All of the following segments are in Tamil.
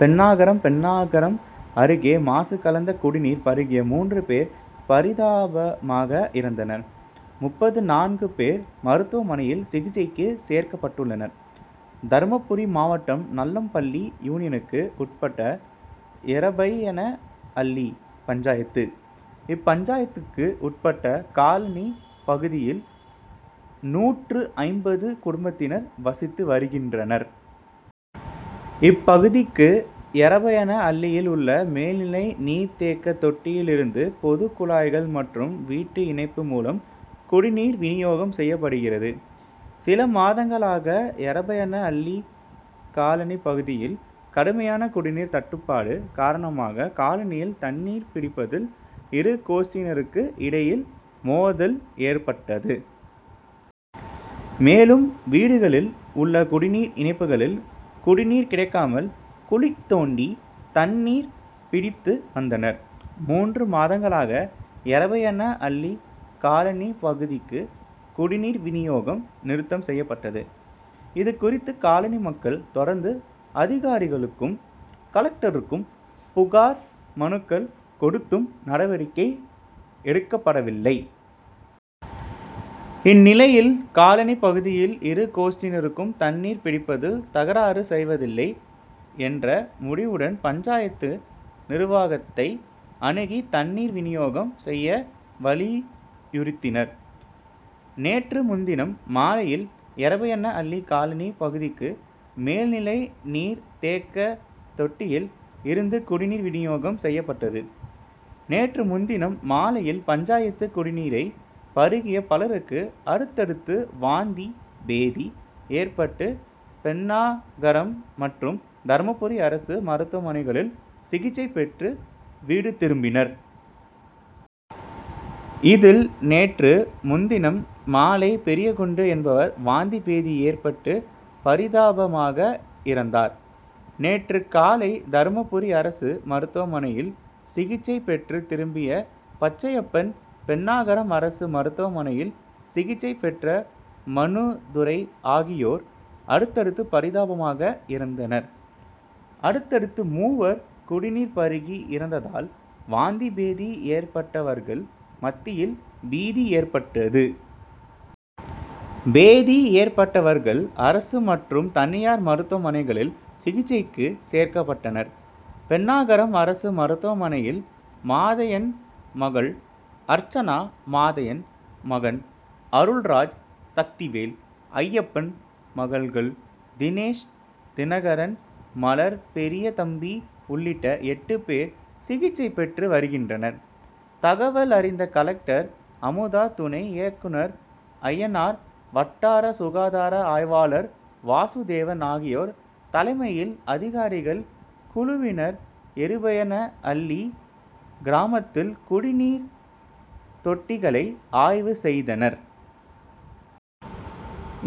பென்னாகரம் பென்னாகரம் அருகே மாசு கலந்த குடிநீர் பருகிய மூன்று பேர் பரிதாபமாக இறந்தனர். முப்பத்து நான்கு பேர் மருத்துவமனையில் சிகிச்சைக்கு சேர்க்கப்பட்டுள்ளனர். தர்மபுரி மாவட்டம் நல்லம்பள்ளி யூனியனுக்கு உட்பட்ட எரபையனஅள்ளி பஞ்சாயத்து. இப்பஞ்சாயத்துக்கு உட்பட்ட காலனி பகுதியில் நூற்று ஐம்பது குடும்பத்தினர் வசித்து வருகின்றனர். இப்பகுதிக்கு எரபையனஅள்ளியில் உள்ள மேல்நிலை நீர் தேக்க தொட்டியில் இருந்து பொது குழாய்கள் மற்றும் வீட்டு இணைப்பு மூலம் குடிநீர் விநியோகம் செய்யப்படுகிறது. சில மாதங்களாக எரபையன அள்ளி காலனி பகுதியில் கடுமையான குடிநீர் தட்டுப்பாடு காரணமாக காலனியில் தண்ணீர் பிடிப்பதில் இரு கோஷ்டியினருக்கு இடையில் மோதல் ஏற்பட்டது. மேலும் வீடுகளில் உள்ள குடிநீர் இணைப்புகளில் குடிநீர் கிடைக்காமல் குழி தோண்டி தண்ணீர் பிடித்து வந்தனர். மூன்று மாதங்களாக எரபையனஅள்ளி காலனி பகுதிக்கு குடிநீர் விநியோகம் நிறுத்தம் செய்யப்பட்டது. இது குறித்து காலனி மக்கள் தொடர்ந்து அதிகாரிகளுக்கும் கலெக்டருக்கும் புகார் மனுக்கள் கொடுத்தும் நடவடிக்கை எடுக்கப்படவில்லை. இந்நிலையில் காலனி பகுதியில் இரு கோஷ்டியினரும் தண்ணீர் பிடிப்பதில் தகராறு செய்வதில்லை என்ற முடிவுடன் பஞ்சாயத்து நிர்வாகத்தை அணுகி தண்ணீர் விநியோகம் செய்ய வலியுறுத்தினர். நேற்று முன்தினம் மாலையில் எரபையனஅள்ளி காலனி பகுதிக்கு மேல்நிலை நீர் தேக்க தொட்டியில் இருந்து குடிநீர் விநியோகம் செய்யப்பட்டது. நேற்று முன்தினம் மாலையில் பஞ்சாயத்து குடிநீரை பருகிய பலருக்கு அடுத்தடுத்து வாந்தி பேதி ஏற்பட்டு பென்னாகரம் மற்றும் தர்மபுரி அரசு மருத்துவமனைகளில் சிகிச்சை பெற்று வீடு திரும்பினர். இதில் நேற்று முன்தினம் மாலை பெரியகுண்டு என்பவர் வாந்தி பேதி ஏற்பட்டு பரிதாபமாக இறந்தார். நேற்று காலை தர்மபுரி அரசு மருத்துவமனையில் சிகிச்சை பெற்று திரும்பிய பச்சியப்பன் பென்னாகரம் அரசு மருத்துவமனையில் சிகிச்சை பெற்ற மண்ணுதுரை ஆகியோர் அடுத்தடுத்து பரிதாபமாக இறந்தனர். அடுத்தடுத்து மூவர் குடிநீர் பருகி இறந்ததால் வாந்தி பேதி ஏற்பட்டவர்கள் மத்தியில் பீதி ஏற்பட்டது. பேதி ஏற்பட்டவர்கள் அரசு மற்றும் தனியார் மருத்துவமனைகளில் சிகிச்சைக்கு சேர்க்கப்பட்டனர். பென்னாகரம் அரசு மருத்துவமனையில் மாதையன் மகள் அர்ச்சனா மாதையன் மகன் அருள்ராஜ் சக்திவேல் அய்யப்பன் மகன்கள் தினேஷ் தினகரன் மலர் பெரியதம்பி உள்ளிட்ட எட்டு பேர் சிகிச்சை பெற்று வருகின்றனர். தகவல் அறிந்த கலெக்டர் அமுதா துணை இயக்குனர் அய்யனார் வட்டார சுகாதார ஆய்வாளர் வாசுதேவன் ஆகியோர் தலைமையில் அதிகாரிகள் குழுவினர் எருபையனஅள்ளி கிராமத்தில் குடிநீர் தோட்டிகளை ஆய்வு செய்தனர்.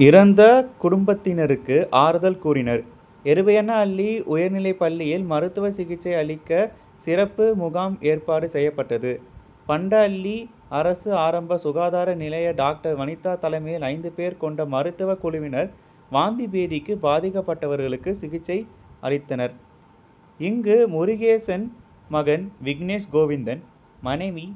இறந்த குடும்பத்தினருக்கு ஆறுதல் கூறினர். எரபையனஅள்ளி உயர்நிலைப்பள்ளியில் மருத்துவ சிகிச்சை அளிக்க சிறப்பு முகாம் ஏற்பாடு செய்யப்பட்டது. பண்டஅள்ளி அரசு ஆரம்ப சுகாதார நிலைய டாக்டர் வனிதா தலைமையில் ஐந்து பேர் கொண்ட மருத்துவ குழுவினர் வாந்தி பேதிக்கு பாதிக்கப்பட்டவர்களுக்கு சிகிச்சை அளித்தனர். இங்கு முருகேசன் மகன் விக்னேஷ் கோவிந்தன் மனைவி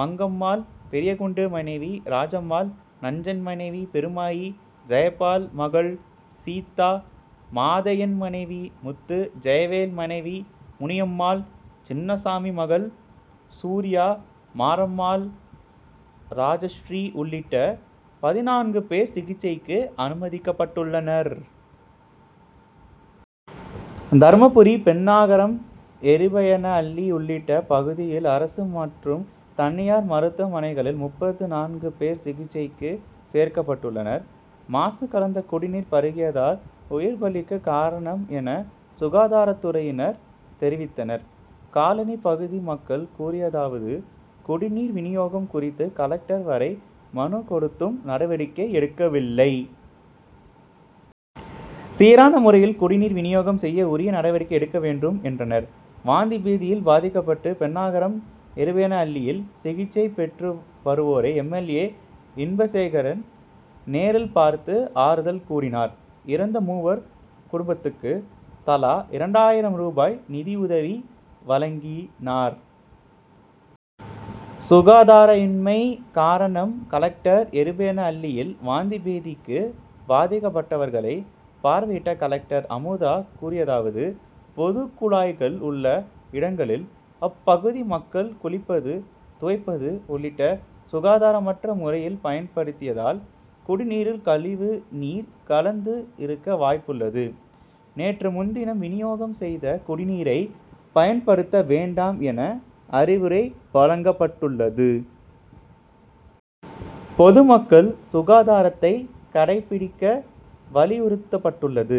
மங்கம்மாள் பெரியகுண்டு மனைவி ராஜம்மாள் நஞ்சன் மனைவி பெருமாயி ஜெயபால் மகள் சீதா மாதையன் மனைவி முத்து ஜெயவேல் மனைவி முனியம்மாள் சின்னசாமி மகள் சூர்யா மாரம்மாள் ராஜஸ்ரீ உள்ளிட்ட பதினான்கு பேர் சிகிச்சைக்கு அனுமதிக்கப்பட்டுள்ளனர். தர்மபுரி பென்னாகரம் எரபையனஅள்ளி உள்ளிட்ட பகுதியில் அரசு மற்றும் தனியார் மருத்துவமனைகளில் முப்பத்து நான்கு பேர் சிகிச்சைக்கு சேர்க்கப்பட்டுள்ளனர். மாசு கலந்த குடிநீர் பருகியதால் உயிர் பலிக்கு காரணம் என சுகாதாரத்துறையினர் தெரிவித்தனர். காலனி பகுதி மக்கள் கூறியதாவது குடிநீர் விநியோகம் குறித்து கலெக்டர் வரை மனு கொடுத்தும் நடவடிக்கை எடுக்கவில்லை. சீரான முறையில் குடிநீர் விநியோகம் செய்ய உரிய நடவடிக்கை எடுக்க வேண்டும் என்றனர். வாந்தி பேதியில் பாதிக்கப்பட்டு பென்னாகரம் எரபையனஅள்ளியில் சிகிச்சை பெற்று வருவோரை எம். எல். ஏ. இன்பசேகரன் நேரில் பார்த்து ஆறுதல் கூறினார். இறந்த மூவர் குடும்பத்துக்கு தலா இரண்டாயிரம் ரூபாய் நிதியுதவி வழங்கினார். சுகாதாரமின்மை காரணம் கலெக்டர் எரபையனஅள்ளியில் வாந்தி பேதிக்கு பாதிக்கப்பட்டவர்களை பார்வையிட்ட கலெக்டர் அமுதா கூறியதாவது பொதுக்குழாய்கள் உள்ள இடங்களில் அப்பகுதி மக்கள் குளிப்பது துவைப்பது உள்ளிட்ட சுகாதாரமற்ற முறையில் பயன்படுத்தியதால் குடிநீரில் கழிவு நீர் கலந்து இருக்க வாய்ப்புள்ளது. நேற்று முன்தினம் விநியோகம் செய்த குடிநீரை பயன்படுத்த வேண்டாம் என அறிவுரை வழங்கப்பட்டுள்ளது. பொதுமக்கள் சுகாதாரத்தை கடைப்பிடிக்க வலியுறுத்தப்பட்டுள்ளது.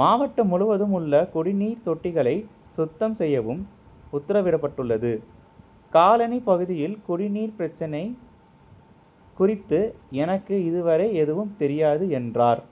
மாவட்டம் முழுவதும் உள்ள குடிநீர் தொட்டிகளை சுத்தம் செய்யவும் உத்தரவிடப்பட்டுள்ளது. காலனி பகுதியில் குடிநீர் பிரச்னை குறித்து எனக்கு இது வரை எதுவும் தெரியாது என்றார்.